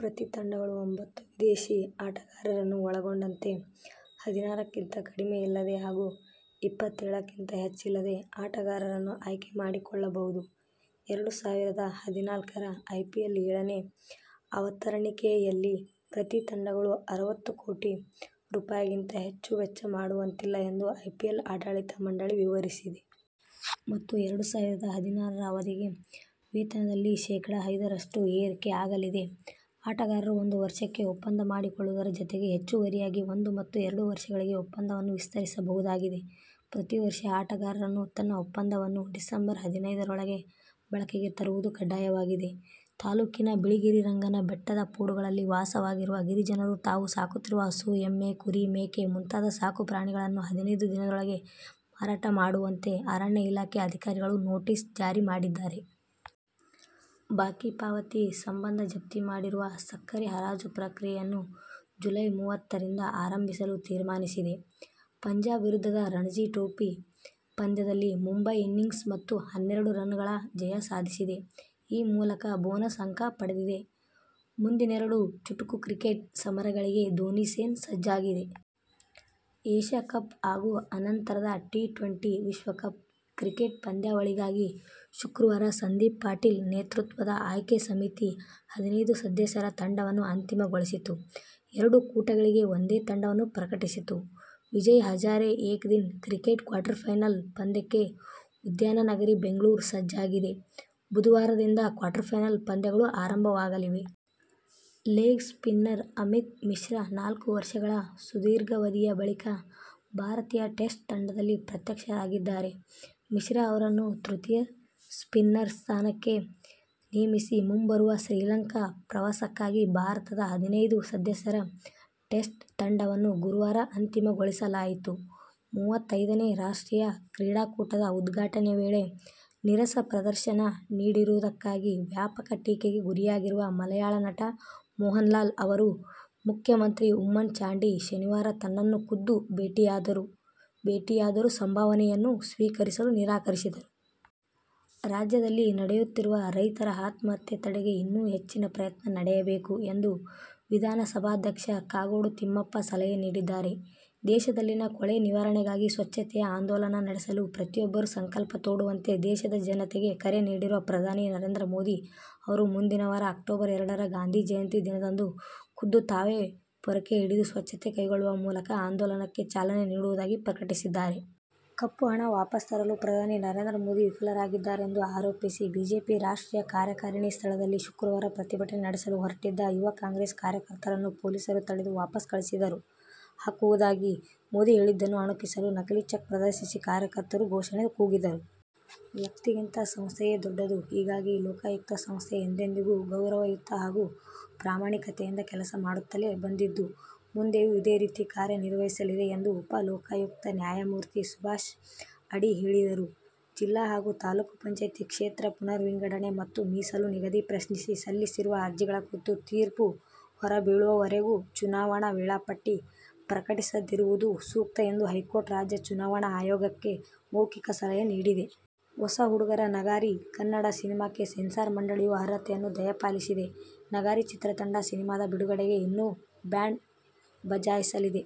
ಪ್ರತಿ ತಂಡಗಳು ಒಂಬತ್ತು ವಿದೇಶೀ ಆಟಗಾರರನ್ನು ಒಳಗೊಂಡಂತೆ ಹದಿನಾರಕ್ಕಿಂತ ಕಡಿಮೆ ಇಲ್ಲದೆ ಹಾಗೂ ಇಪ್ಪತ್ತೇಳಕ್ಕಿಂತ ಹೆಚ್ಚಿಲ್ಲದೆ ಆಟಗಾರರನ್ನು ಆಯ್ಕೆ ಮಾಡಿಕೊಳ್ಳಬಹುದು. ಎರಡು ಸಾವಿರದ ಹದಿನಾಲ್ಕರ ಐಪಿಎಲ್ ಏಳನೇ ಆವತರಣಿಕೆಯಲ್ಲಿ ಪ್ರತಿ ತಂಡಗಳು ಅರವತ್ತು ಕೋಟಿ ರೂಪಾಯಿಗಿಂತ ಹೆಚ್ಚು ವೆಚ್ಚ ಮಾಡುವಂತಿಲ್ಲ ಎಂದು ಐಪಿಎಲ್ ಆಡಳಿತ ಮಂಡಳಿ ವಿವರಿಸಿದೆ. ಮತ್ತು ಎರಡು ಸಾವಿರದ ಹದಿನಾರರ ಅವಧಿಗೆ ವೇತನದಲ್ಲಿ ಶೇಖಡ. ಐದರಷ್ಟು ಏರಕೆಯಾಗಲಿದೆ. ಆಟಗಾರರು ಒಂದು ವರ್ಷಕ್ಕೆ ಒಪ್ಪಂದ ಮಾಡಿಕೊಳ್ಳುವುದರ ಜತೆಗೆ ಹೆಚ್ಚುವರಿಯಾಗಿ ಒಂದು ಮತ್ತು ಎರಡು ವರ್ಷಗಳಿಗೆ ಒಪ್ಪಂದವನ್ನು ವಿಸ್ತರಿಸಬಹುದಾಗಿದೆ. ಪ್ರತಿ ವರ್ಷ ಆಟಗಾರನನ್ನು ತನ್ನ ಒಪ್ಪಂದವನ್ನು ಡಿಸಂಬರ್ ಹದಿನೈದರೊಳಗೆ ಬಳಕೆಗೆ ತರುವುದು ಕಡ್ಡಾಯವಾಗಿದೆ. ತಾಲೂಕಿನ ಬಿಳಿಗಿರಿರಂಗನ ಬೆಟ್ಟದ ಪೋಡುಗಳಲ್ಲಿ ವಾಸವಾಗಿರುವ ಗಿರಿಜನರು ತಾವು ಸಾಕುತ್ತಿರುವ ಹಸು, ಎಮ್ಮೆ, ಕುರಿ, ಮೇಕೆ ಮುಂತಾದ ಸಾಕು ಪ್ರಾಣಿಗಳನ್ನು ಹದಿನೈದು ದಿನದೊಳಗೆ ಮಾರಾಟ ಮಾಡುವಂತೆ ಅರಣ್ಯ ಇಲಾಖೆ ಅಧಿಕಾರಿಗಳು ನೋಟಿಸ್ ಜಾರಿ ಮಾಡಿದ್ದಾರೆ. ಬಾಕಿ ಪಾವತಿ ಸಂಬಂಧ ಜಪ್ತಿ ಮಾಡಿರುವ ಸಕ್ಕರೆ ಹರಾಜು ಪ್ರಕ್ರಿಯೆಯನ್ನು ಜುಲೈ ಮೂವತ್ತರಿಂದ ಆರಂಭಿಸಲು ತೀರ್ಮಾನಿಸಿದೆ. ಪಂಜಾಬ್ ವಿರುದ್ಧದ ರಣಜಿ ಟ್ರೋಫಿ ಪಂದ್ಯದಲ್ಲಿ ಮುಂಬಯಿ ಇನ್ನಿಂಗ್ಸ್ ಮತ್ತು ಹನ್ನೆರಡು ರನ್ನುಗಳ ಜಯ ಸಾಧಿಸಿದೆ. ಈ ಮೂಲಕ ಬೋನಸ್ ಅಂಕ ಪಡೆದಿದೆ. ಮುಂದಿನೆರಡು ಚುಟುಕು ಕ್ರಿಕೆಟ್ ಸಮರಗಳಿಗೆ ಧೋನಿ ಸೇನೆ ಸಜ್ಜಾಗಿದೆ. ಏಶ್ಯ ಕಪ್ ಹಾಗೂ ಅನಂತರದ ಟಿ-ಟ್ವೆಂಟಿ ವಿಶ್ವಕಪ್ ಕ್ರಿಕೆಟ್ ಪಂದ್ಯಾವಳಿಗಾಗಿ ಶುಕ್ರವಾರ ಸಂದೀಪ್ ಪಾಟೀಲ್ ನೇತೃತ್ವದ ಆಯ್ಕೆ ಸಮಿತಿ ಹದಿನೈದು ಸದಸ್ಯರ ತಂಡವನ್ನು ಅಂತಿಮಗೊಳಿಸಿತು. ಎರಡೂ ಕೂಟಗಳಿಗೆ ಒಂದೇ ತಂಡವನ್ನು ಪ್ರಕಟಿಸಿತು. ವಿಜಯ್ ಹಜಾರೆ ಏಕದಿನ ಕ್ರಿಕೆಟ್ ಕ್ವಾರ್ಟರ್ಫೈನಲ್ ಪಂದ್ಯಕ್ಕೆ ಉದ್ಯಾನನಗರಿ ಬೆಂಗಳೂರು ಸಜ್ಜಾಗಿದೆ. ಬುಧವಾರದಿಂದ ಕ್ವಾರ್ಟರ್ಫೈನಲ್ ಪಂದ್ಯಗಳು ಆರಂಭವಾಗಲಿವೆ. ಲೆಗ್ ಸ್ಪಿನ್ನರ್ ಅಮಿತ್ ಮಿಶ್ರಾ ನಾಲ್ಕು ವರ್ಷಗಳ ಸುದೀರ್ಘಾವಧಿಯ ಬಳಿಕ ಭಾರತೀಯ ಟೆಸ್ಟ್ ತಂಡದಲ್ಲಿ ಪ್ರತ್ಯಕ್ಷರಾಗಿದ್ದಾರೆ. ಮಿಶ್ರಾ ಅವರನ್ನು ತೃತೀಯ ಸ್ಪಿನ್ನರ್ ಸ್ಥಾನಕ್ಕೆ ನೇಮಿಸಿ ಮುಂಬರುವ ಶ್ರೀಲಂಕಾ ಪ್ರವಾಸಕ್ಕಾಗಿ ಭಾರತದ ಹದಿನೈದು ಸದಸ್ಯರ ಟೆಸ್ಟ್ ತಂಡವನ್ನು ಗುರುವಾರ ಅಂತಿಮಗೊಳಿಸಲಾಯಿತು. ಮೂವತ್ತೈದನೆ ರಾಷ್ಟ್ರೀಯ ಕ್ರೀಡಾಕೂಟದ ಉದ್ಘಾಟನೆ ವೇಳೆ ನೀರಸ ಪ್ರದರ್ಶನ ನೀಡಿರುವುದಕ್ಕಾಗಿ ವ್ಯಾಪಕ ಟೀಕೆಗೆ ಗುರಿಯಾಗಿರುವ ಮಲಯಾಳ ನಟ ಮೋಹನ್ಲಾಲ್ ಅವರು ಮುಖ್ಯಮಂತ್ರಿ ಊಮ್ಮನ್ ಚಾಂಡಿ ಶನಿವಾರ ತನ್ನನ್ನು ಖುದ್ದು ಭೇಟಿಯಾದರೂ ಸಂಭಾವನೆಯನ್ನು ಸ್ವೀಕರಿಸಲು ನಿರಾಕರಿಸಿದರು. ರಾಜ್ಯದಲ್ಲಿ ನಡೆಯುತ್ತಿರುವ ರೈತರ ಆತ್ಮಹತ್ಯೆ ತಡೆಗೆ ಇನ್ನೂ ಹೆಚ್ಚಿನ ಪ್ರಯತ್ನ ನಡೆಯಬೇಕು ಎಂದು ವಿಧಾನಸಭಾಧ್ಯಕ್ಷ ಕಾಗೋಡು ತಿಮ್ಮಪ್ಪ ಸಲಹೆ ನೀಡಿದ್ದಾರೆ. ದೇಶದಲ್ಲಿನ ಕೊಳೆ ನಿವಾರಣೆಗಾಗಿ ಸ್ವಚ್ಛತೆಯ ಆಂದೋಲನ ನಡೆಸಲು ಪ್ರತಿಯೊಬ್ಬರೂ ಸಂಕಲ್ಪ ತೊಡುವಂತೆ ದೇಶದ ಜನತೆಗೆ ಕರೆ ನೀಡಿರುವ ಪ್ರಧಾನಿ ನರೇಂದ್ರ ಮೋದಿ ಅವರು, ಮುಂದಿನವಾರ ಅಕ್ಟೋಬರ್ ಎರಡರ ಗಾಂಧಿ ಜಯಂತಿ ದಿನದಂದು ಖುದ್ದು ತಾವೇ ಪೊರಕೆ ಹಿಡಿದು ಸ್ವಚ್ಛತೆ ಕೈಗೊಳ್ಳುವ ಮೂಲಕ ಆಂದೋಲನಕ್ಕೆ ಚಾಲನೆ ನೀಡುವುದಾಗಿ ಪ್ರಕಟಿಸಿದ್ದಾರೆ. ಕಪ್ಪು ಹಣ ವಾಪಸ್ ತರಲು ಪ್ರಧಾನಿ ನರೇಂದ್ರ ಮೋದಿ ವಿಫಲರಾಗಿದ್ದಾರೆಂದು ಆರೋಪಿಸಿ ಬಿಜೆಪಿ ರಾಷ್ಟ್ರೀಯ ಕಾರ್ಯಕಾರಿಣಿ ಸ್ಥಳದಲ್ಲಿ ಶುಕ್ರವಾರ ಪ್ರತಿಭಟನೆ ನಡೆಸಲು ಹೊರಟಿದ್ದ ಯುವ ಕಾಂಗ್ರೆಸ್ ಕಾರ್ಯಕರ್ತರನ್ನು ಪೊಲೀಸರು ತಡೆದು ವಾಪಸ್ ಕಳಿಸಿದರು. ಹಾಕುವುದಾಗಿ ಮೋದಿ ಹೇಳಿದ್ದನ್ನು ಅಣಕಿಸಲು ನಕಲಿ ಚೆಕ್ ಪ್ರದರ್ಶಿಸಿ ಕಾರ್ಯಕರ್ತರು ಘೋಷಣೆ ಕೂಗಿದರು. ವ್ಯಕ್ತಿಗಿಂತ ಸಂಸ್ಥೆಯೇ ದೊಡ್ಡದು. ಹೀಗಾಗಿ ಲೋಕಾಯುಕ್ತ ಸಂಸ್ಥೆ ಎಂದೆಂದಿಗೂ ಗೌರವಯುತ ಹಾಗೂ ಪ್ರಾಮಾಣಿಕತೆಯಿಂದ ಕೆಲಸ ಮಾಡುತ್ತಲೇ ಬಂದಿದ್ದು, ಮುಂದೆಯೂ ಇದೇ ರೀತಿ ಕಾರ್ಯ ನಿರ್ವಹಿಸಲಿದೆ ಎಂದು ಉಪ ಲೋಕಾಯುಕ್ತ ನ್ಯಾಯಮೂರ್ತಿ ಸುಭಾಷ್ ಅಡಿ ಹೇಳಿದರು. ಜಿಲ್ಲಾ ಹಾಗೂ ತಾಲೂಕು ಪಂಚಾಯ್ತಿ ಕ್ಷೇತ್ರ ಪುನರ್ವಿಂಗಡಣೆ ಮತ್ತು ಮೀಸಲು ನಿಗದಿ ಪ್ರಶ್ನಿಸಿ ಸಲ್ಲಿಸಿರುವ ಅರ್ಜಿಗಳ ಕುರಿತು ತೀರ್ಪು ಹೊರಬೀಳುವವರೆಗೂ ಚುನಾವಣಾ ವೇಳಾಪಟ್ಟಿ ಪ್ರಕಟಿಸದಿರುವುದು ಸೂಕ್ತ ಎಂದು ಹೈಕೋರ್ಟ್ ರಾಜ್ಯ ಚುನಾವಣಾ ಆಯೋಗಕ್ಕೆ ಮೌಖೀಕ ಸಲಹೆ ನೀಡಿದೆ. ಹೊಸ ಹುಡುಗರ "ನಗಾರಿ' ಕನ್ನಡ ಸಿನಿಮಾಕ್ಕೆ ಸೆನ್ಸಾರ್ ಮಂಡಳಿಯು ಅರ್ಹತೆಯನ್ನು ದಯಪಾಲಿಸಿದೆ. "ನಗಾರಿ' ಚಿತ್ರ ತಂಡ ಸಿನಿಮಾದ ಬಿಡುಗಡೆಗೆ ಇನ್ನೂ ಬ್ಯಾಂಡ್ ಬಜಾಯಿಸಲಿದೆ.